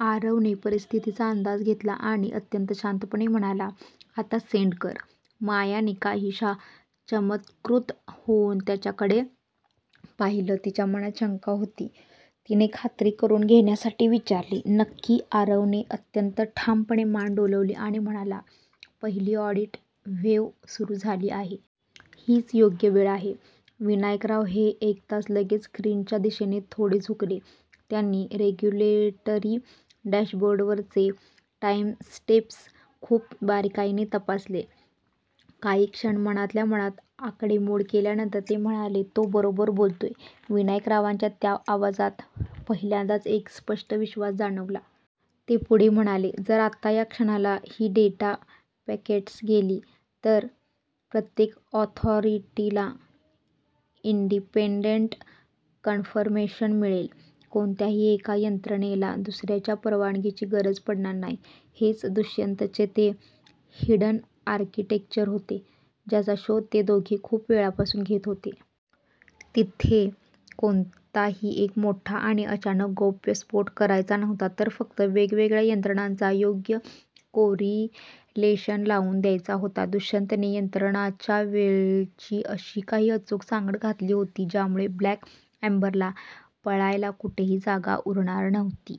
आरवने परिस्थितीचा अंदाज घेतला आणि अत्यंत शांतपणे म्हणाला, "आता सेंड कर. " मायाने काहीशा चमत्कृत होऊन त्याच्याकडे पाहिले. तिच्या मनात शंका होती. तिने खात्री करून घेण्यासाठी विचारले, "नक्की? " आरवने अत्यंत ठामपणे मान डोलावली आणि म्हणाला, "पहिली ऑडिट वेव्ह सुरू झाली आहे. हीच योग्य वेळ आहे. " विनायकराव हे ऐकताच लगेच स्क्रीनच्या दिशेने थोडे झुकले. त्यांनी रेगुलेटरी डॅशबोर्डवरचे टाईमस्टॅम्प्स खूप बारकाईने तपासले. काही क्षण मनातल्या मनात आकडेमोड केल्यानंतर ते म्हणाले, "तो बरोबर बोलतोय. " विनायकरावांच्या त्या आवाजात पहिल्यांदाच एक स्पष्ट विश्वास जाणवला. ते पुढे म्हणाले, "जर आत्ता या क्षणाला ही डेटा पॅकेट्स गेली, तर प्रत्येक ऑथॉरिटीला इंडिपेंडंट कन्फर्मेशन मिळेल. कोणत्याही एका यंत्रणेला दुसऱ्याच्या परवानगीची गरज पडणार नाही. " हेच दुष्यंतचे ते हिडन आर्किटेक्चर होते, ज्याचा शोध ते दोघे खूप वेळापासून घेत होते. तिथे कोणताही एक मोठा आणि अचानक गौप्यस्फोट करायचा नव्हता, तर फक्त वेगवेगळ्या यंत्रणांचा योग्य कोरिलेशन लावून द्यायचा होता. दुष्यंतने यंत्रणांच्या वेळेची अशी काही अचूक सांगड घातली होती, ज्यामुळे ब्लॅक एम्बरला पळायला कुठेही जागा उरणार नव्हती.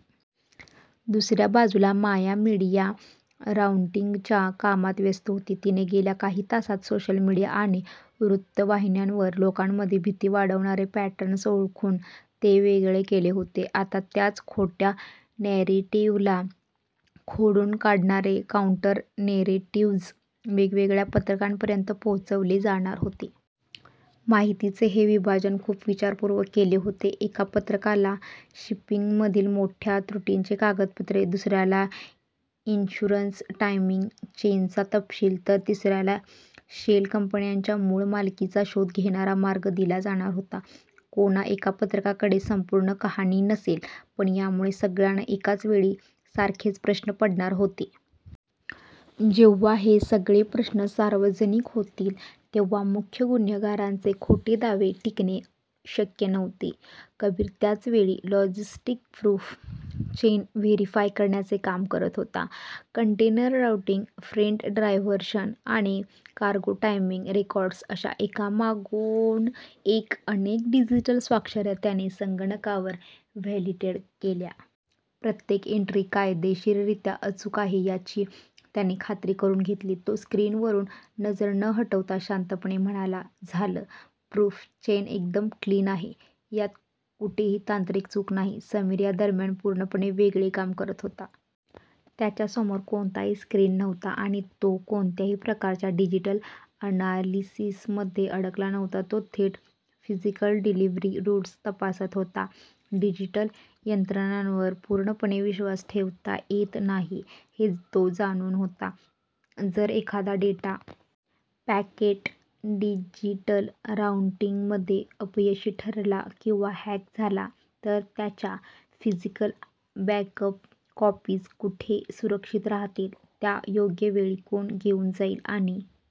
दुसऱ्या बाजूला माया मीडिया राऊटिंगच्या कामात व्यस्त होती. तिने गेल्या काही तासांत सोशल मीडिया आणि वृत्तवाहिन्यांवर लोकांमध्ये भीती वाढवणारे पॅटर्न्स ओळखून ते वेगळे केले होते. आता त्याच खोट्या नॅरेटिव्हला खोडून काढणारे काउंटर-नॅरेटिव्ह्ज वेगवेगळ्या पत्रकारांपर्यंत पोहोचवले जाणार होते. माहितीचे हे विभाजन खूप विचारपूर्वक केले होते. एका पत्रकाराला शिपिंगमधील मोठ्या त्रुटींची कागदपत्रे, दुसऱ्याला इन्शुरन्स टायमिंग चेनचा तपशील, तर तिसऱ्याला शेल कंपन्यांच्या मूळ मालकीचा शोध घेणारा मार्ग दिला जाणार होता. कोणा एका पत्रकाराकडे संपूर्ण कहाणी नसेल, पण यामुळे सगळ्यांना एकाच वेळी सारखेच प्रश्न पडणार होते. जेव्हा हे सगळे प्रश्न सार्वजनिक होतील, तेव्हा मुख्य गुन्हेगारांचे खोटे दावे टिकणे शक्य नव्हते. कबीर त्याच वेळी लॉजिस्टिक प्रूफ चेन व्हेरीफाय करण्याचे काम करत होता. कंटेनर राऊटिंग, फ्रेट डायव्हर्शन आणि कार्गो टायमिंग रेकॉर्ड्स अशा एकामागून एक अनेक डिजिटल स्वाक्षऱ्या त्याने संगणकावर व्हॅलिडेट केल्या. प्रत्येक एंट्री कायदेशीररीत्या अचूक आहे याची त्याने खात्री करून घेतली. तो स्क्रीनवरून नजर न हटवता शांतपणे म्हणाला, "झालं. प्रूफ चेन एकदम क्लीन आहे. यात कुठेही तांत्रिक चूक नाही. " समीर या दरम्यान पूर्णपणे वेगळे काम करत होता. त्याच्यासमोर कोणताही स्क्रीन नव्हता आणि तो कोणत्याही प्रकारच्या डिजिटल अनालिसिसमध्ये अडकला नव्हता. तो थेट फिजिकल डिलिव्हरी रूट्स तपासत होता. डिजिटल यंत्रणांवर पूर्णपणे विश्वास ठेवता येत नाही, हे तो जाणून होता. जर एखादा डेटा पॅकेट डिजिटल राऊटिंगमध्ये अपयशी ठरला किंवा हॅक झाला, तर त्याच्या फिजिकल बॅकअप कॉपीज कुठे सुरक्षित राहतील, त्या योग्य वेळी कोण घेऊन जाईल आणि